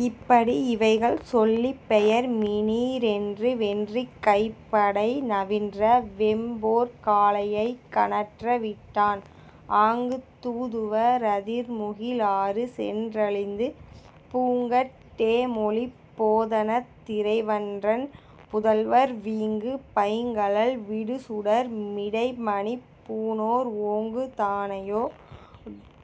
யிப்படி யிவைகள் சொல்லிப் பெயர்மினீ ரென்று வென்றிக் கைப்படை நவின்ற வெம்போர்க் காளையைக் கனற்ற விட்டான் ஆங்குத் தூதுவ ரதிர்முகி லாறுசென் றழிந்து பூங்கட் டேமொழிப் போதனத் திறைவன்றன் புதல்வர் வீங்கு பைங்கழல் விடுசுடர் மிடைமணிப் பூணோர் ஓங்கு தானையோ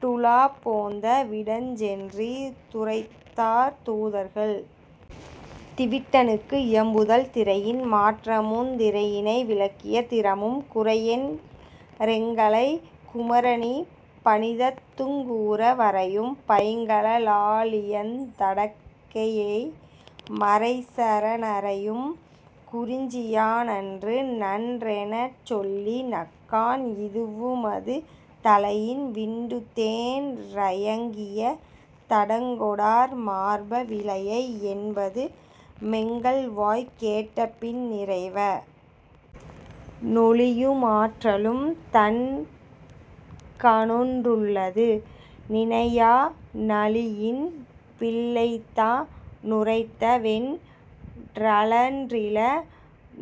டுலாப்போந்த விடஞ்சென்றீ துரைத்தார் தூதர்கள் திவிட்டனுக்கு இயம்புதல் திரையின் மாற்றமுந் திறையினை விலக்கிய திறமும் குறையென் றெங்களைக் குமரநீ பணித்ததுங் கூற வரையும் பைங்கழ லாழியந் தடக்கையெ மரைச னறையும் குறிஞ்சியா னன்றுநன் றெனச்சொல்லி நக்கான் இதுவுமது தளையின் விண்டுதேன் றயங்கிய தடங்கொடார் மார்ப விளையை யென்பது மெங்கள்வாய்க் கேட்டபி னிறைவ னொளியு மாற்றலும் தன்கணொன் றுள்ளது நினையா னளியின் பிள்ளைதா னுரைத்தவென் றழன்றில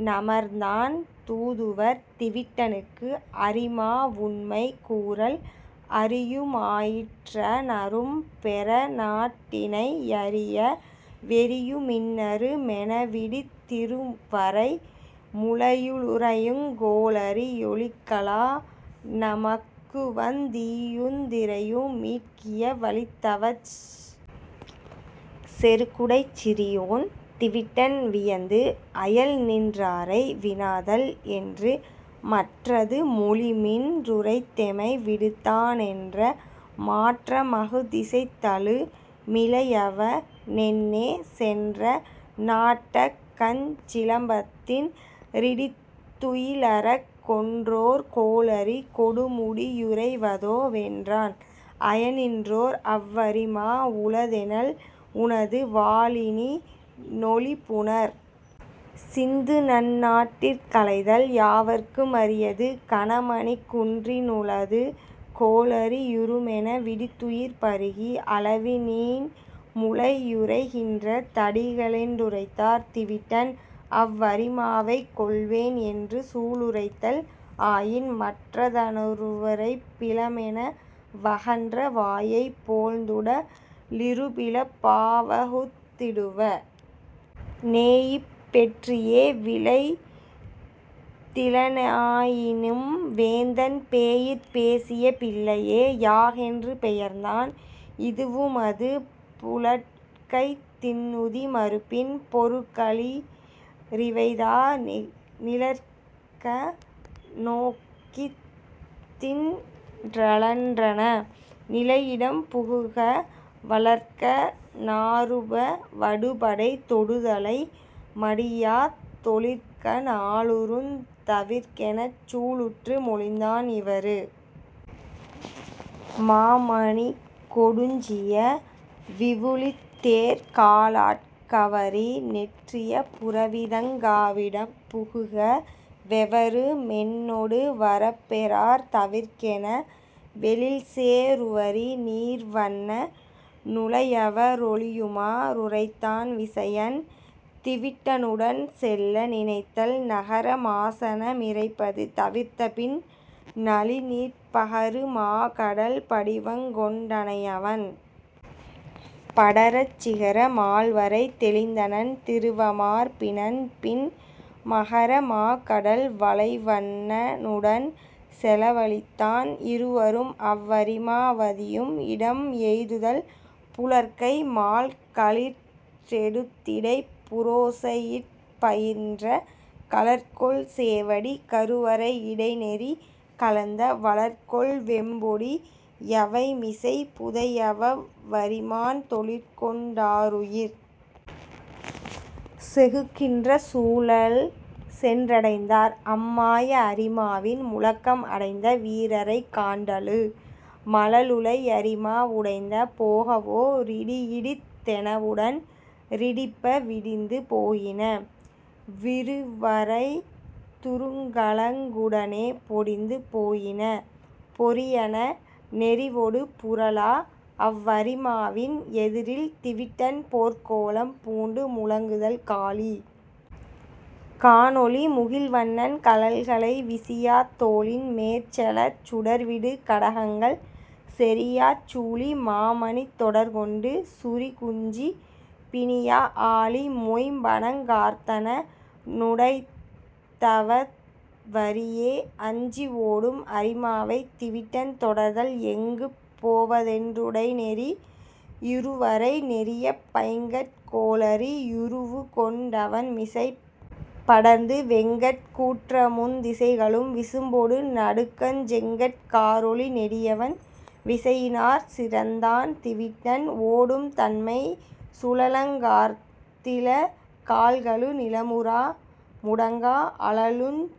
னமர்ந்தான் தூதுவர் திவிட்டனுக்கு அரிமா வுண்மை கூறல் அறியு மாயிற்ற னரும்பெற னாட்டினை யரிய வெறியு மின்னுரு மெனவிடித் திறுவரை முழையு ளுறையுங் கோளரி யொழிக்கலா னமக்குவந் தீயுந் திறையு மீட்கிய வலித்தவச் செருக்குடைச் சிறியோன் திவிட்டன் வியந்து அயல் நின்றாரை வினாதல் என்று மற்றது மொழிமின் றுரைத்தெமை விடுத்தா னென்ற மாற்றமஃ திசைத்தலு மிளையவ னென்னே சென்ற நாட்டகஞ் சிலம்பத்தின் றிடித்துயி ரலறக் கொன்றொர் கோளரி கொடுமுடி யுறைவதோ வென்றான் அயனின்றோர் அவ்வரிமா உளதெனல் உனது வாழிநி னொலிபுனற் சிந்துநன் னாட்டிற் களைதல் யாவர்க்கு மரியது கனமணிக் குன்றி னுளது கோளரி யுருமென விடித்துயிர் பருகி அளவி ணீன் முழை யுறைகின்ற தடிகளென் றுரைத்தார் திவிட்டன் அவ்வரிமாவைக் கொல்வேன் என்று சூளுரைத்தல் ஆயின் மற்றத னருவரைப் பிலமென வகன்ற வாயைப் போழ்ந்துட லிருபிளப் பாவகுத் திடுவ னேயிப் பெற்றியே விளை த்தில னாயினும் வேந்தன் பேயிற் பேசிய பிள்ளையே யாகென்று பெயர்ந்தான் இதுவுமது புழற்கைத் திண்ணுதி மருப்பின் பொருகளி றிவைதா நிழற்க ணோக்கித்தின் றழன்றன நிலையிடம் புகுக வழற்க ணாறுப வடுபடை தொடுதலை மடியாத் தொழிற்க ணாளருந் தவிர்கெனச் சூளுற்று மொழிந்தான் இவரு மாமணிக் கொடுஞ்சிய விவுளித் தேர் காலாட் கவரி நெற்றிய புரவிதங் காவிடம் புகுக வெவரு மென்னொடு வரப்பெறார் தவிர்கென வெழில்சே ருவரி நீர்வண்ண னுழையவ ரொழியுமா றுரைத்தான் விசயன் திவிட்டனுடன் செல்ல நினைத்தல் நகர மாசன மிரைப்பது தவிர்த்தபின் னளிநீர்ப் பகரு மாகடல் படிவங்கொண் டனையவன் படரச் சிகர மால்வரை தெளிந்தனன் திருவமார் பினன்பின் மகர மாகடல் வளைவண்ன னுடன்செல வலித்தான் இருவரும் அவ்வரிமா வதியும் இடம் எய்துதல் புழற்கை மால்களிற் றெருத்திடைப் புரோசையிற் பயின்ற கழற்கொள் சேவடி கருவரை யிடைநெறி கலந்த வழற்கொள் வெம்பொடி யவைமிசை புதையவவ் வரிமான் தொழிற்கொண் டாருயிர் செகுக்கின்ற சூழல்சென் றடைந்தார் அம்மாய அரிமாவின் முழக்கம் அடைந்த வீரரைக் காண்டலு மழலுளை யரிமா வுடைந்த போகவோ ரிடியிடித் தெனவுடன் றிடிப்ப விடிந்து போயின விறுவரைத் துறுகலங் குடனே பொடிந்து போயின பொரியன நெரிவொடு புரளா அவ்வரிமாவின் எதிரில் திவிட்டன் போர்க்கோலம் பூண்டு முழங்குதல் காளி காளொளி முகில்வண்ணன் கழல்களை விசியாத் தோளின் மேற்செலச் சுடர்விடு கடகங்கள் செறியாச் சூளி மாமணித் தொடர்கொண்டு சுரிகுஞ்சி பிணியா ஆளி மொய்ம்பனங் கார்த்தன னுடைத்ததவ் வரியே அஞ்சி ஓடும் அரிமாவைத் திவிட்டன் தொடர்தல் எங்குப் போவதென் றுடைநெறி யிறுவரை நெரியப் பைங்கட் கோளரி யுருவுகொண் டவன்மிசைப் படர்ந்து வெங்கட் கூற்றமுந் திசைகளும் விசும்பொடு நடுங்கச் செங்கட் காரொளி நெடியவன் விசையினாற் சிறந்தான் திவிட்டன் ஓடும் தன்மை சுழலங் கார்த்தில காள்களு நிலமுறா முடங்கா அழலுஞ்